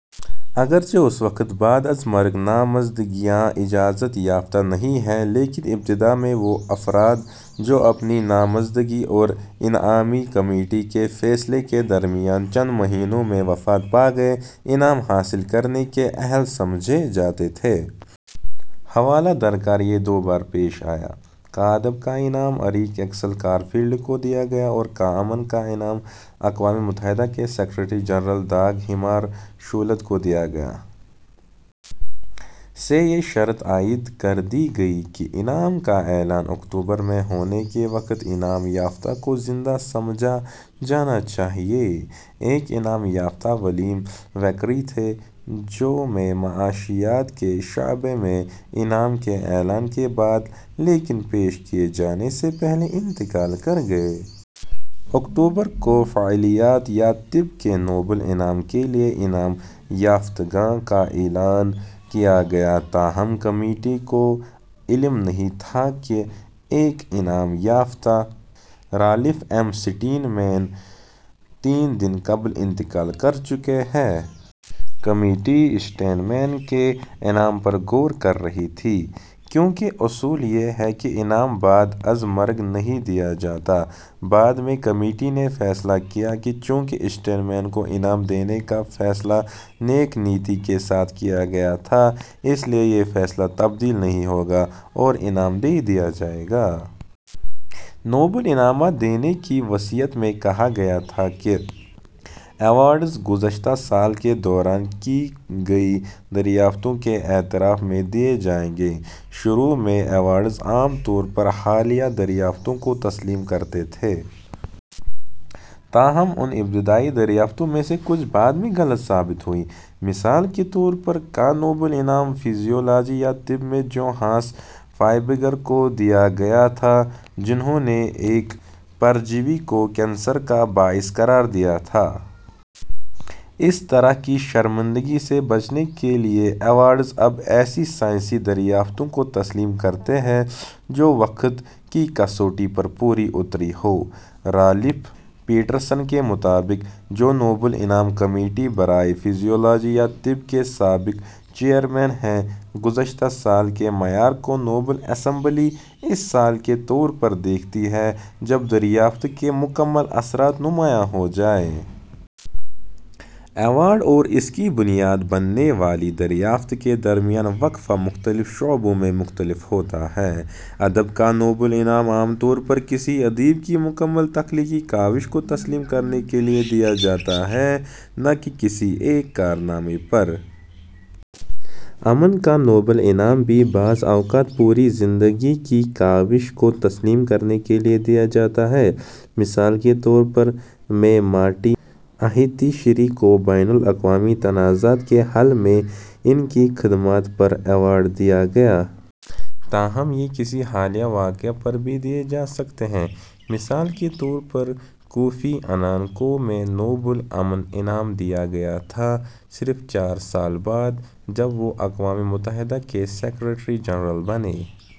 اگرچہ اس وقت بعد از مرگ نامزدگیاں اجازت یافتہ نہیں ہیں، لیکن ابتدا میں وہ افراد جو اپنی نامزدگی اور انعامی کمیٹی کے فیصلے کے درمیان چند مہینوں میں وفات پا گئے، انعام حاصل کرنے کے اہل سمجھے جاتے تھے۔ حوالہ درکار یہ دو بار پیش آیا: کا ادب کا انعام اریک ایکسل کارل فیلڈ کو دیا گیا اور کا امن کا انعام اقوام متحدہ کے سیکریٹری جنرل داگ ہمارشولد کو دیا گیا۔ سے یہ شرط عائد کر دی گئی کہ انعام کا اعلان اکتوبر میں ہونے کے وقت انعام یافتہ کو زندہ سمجھا جانا چاہیے۔ ایک انعام یافتہ ولیم وکری تھے، جو میں معاشیات کے شعبے میں انعام کے اعلان کے بعد لیکن پیش کیے جانے سے پہلے انتقال کر گئے۔ اکتوبر کو فعلیات یا طب کے نوبل انعام کے لیے انعام یافتگان کا اعلان کیا گیا؛ تاہم، کمیٹی کو علم نہیں تھا کہ ایک انعام یافتہ، رالف ایم سٹین مین ، تین دن قبل انتقال کر چکے ہیں۔ کمیٹی اسٹین مین کے انعام پر غور کر رہی تھی، کیوں کہ اصول یہ ہے کہ انعام بعد از مرگ نہیں دیا جاتا۔ بعد میں کمیٹی نے فیصلہ کیا کہ چونکہ اسٹین مین کو انعام دینے کا فیصلہ "نیک نیتی" کے ساتھ کیا گیا تھا، اس لیے یہ فیصلہ تبدیل نہیں ہوگا اور انعام دیا جائے گا۔ نوبل انعامات دینے کی وصیت میں کہا گیا تھا کہ ایوارڈز "گذشتہ سال کے دوران" کی گئی دریافتوں کے اعتراف میں دیے جائیں گے۔ شروع میں، ایوارڈز عام طور پر حالیہ دریافتوں کو تسلیم کرتے تھے۔ تاہم، ان ابتدائی دریافتوں میں سے کچھ بعد میں غلط ثابت ہوئیں۔ مثال کے طور پر، کا نوبل انعام فزیالوجی یا طب میں جوہانس فائبگر کو دیا گیا تھا، جنھوں نے ایک پرجیوی کو کینسر کا باعث قرار دیا تھا۔ اس طرح کی شرمندگی سے بچنے کے لیے، ایوارڈز اب ایسی سائنسی دریافتوں کو تسلیم کرتے ہیں جو وقت کی کسوٹی پر پوری اتری ہوں۔ رالف پیٹرسن کے مطابق، جو نوبل انعام کمیٹی برائے فزیالوجی یا طب کے سابق چیئرمین ہیں، "گذشتہ سال" کے معیار کو نوبل اسمبلی اس سال کے طور پر دیکھتی ہے جب دریافت کے مکمل اثرات نمایاں ہو جائیں۔ ۔ ایوارڈ اور اس کی بنیاد بننے والی دریافت کے درمیان وقفہ مختلف شعبوں میں مختلف ہوتا ہے۔ ادب کا نوبل انعام عام طور پر کسی ادیب کی مکمل تخلیقی کاوش کو تسلیم کرنے کے لیے دیا جاتا ہے، نہ کہ کسی ایک کارنامے پر۔ امن کا نوبل انعام بھی بعض اوقات پوری زندگی کی کاوش کو تسلیم کرنے کے لیے دیا جاتا ہے۔ مثال کے طور پر، میں مارٹی اہتیشری کو بین الاقوامی تنازعات کے حل میں ان کی خدمات پر ایوارڈ دیا گیا۔ تاہم، یہ کسی حالیہ واقعے پر بھی دیے جا سکتے ہیں۔ مثال کے طور پر، کوفی عنان کو میں نوبل امن انعام دیا گیا تھا، صرف چار سال بعد جب وہ اقوام متحدہ کے سیکریٹری جنرل بنے۔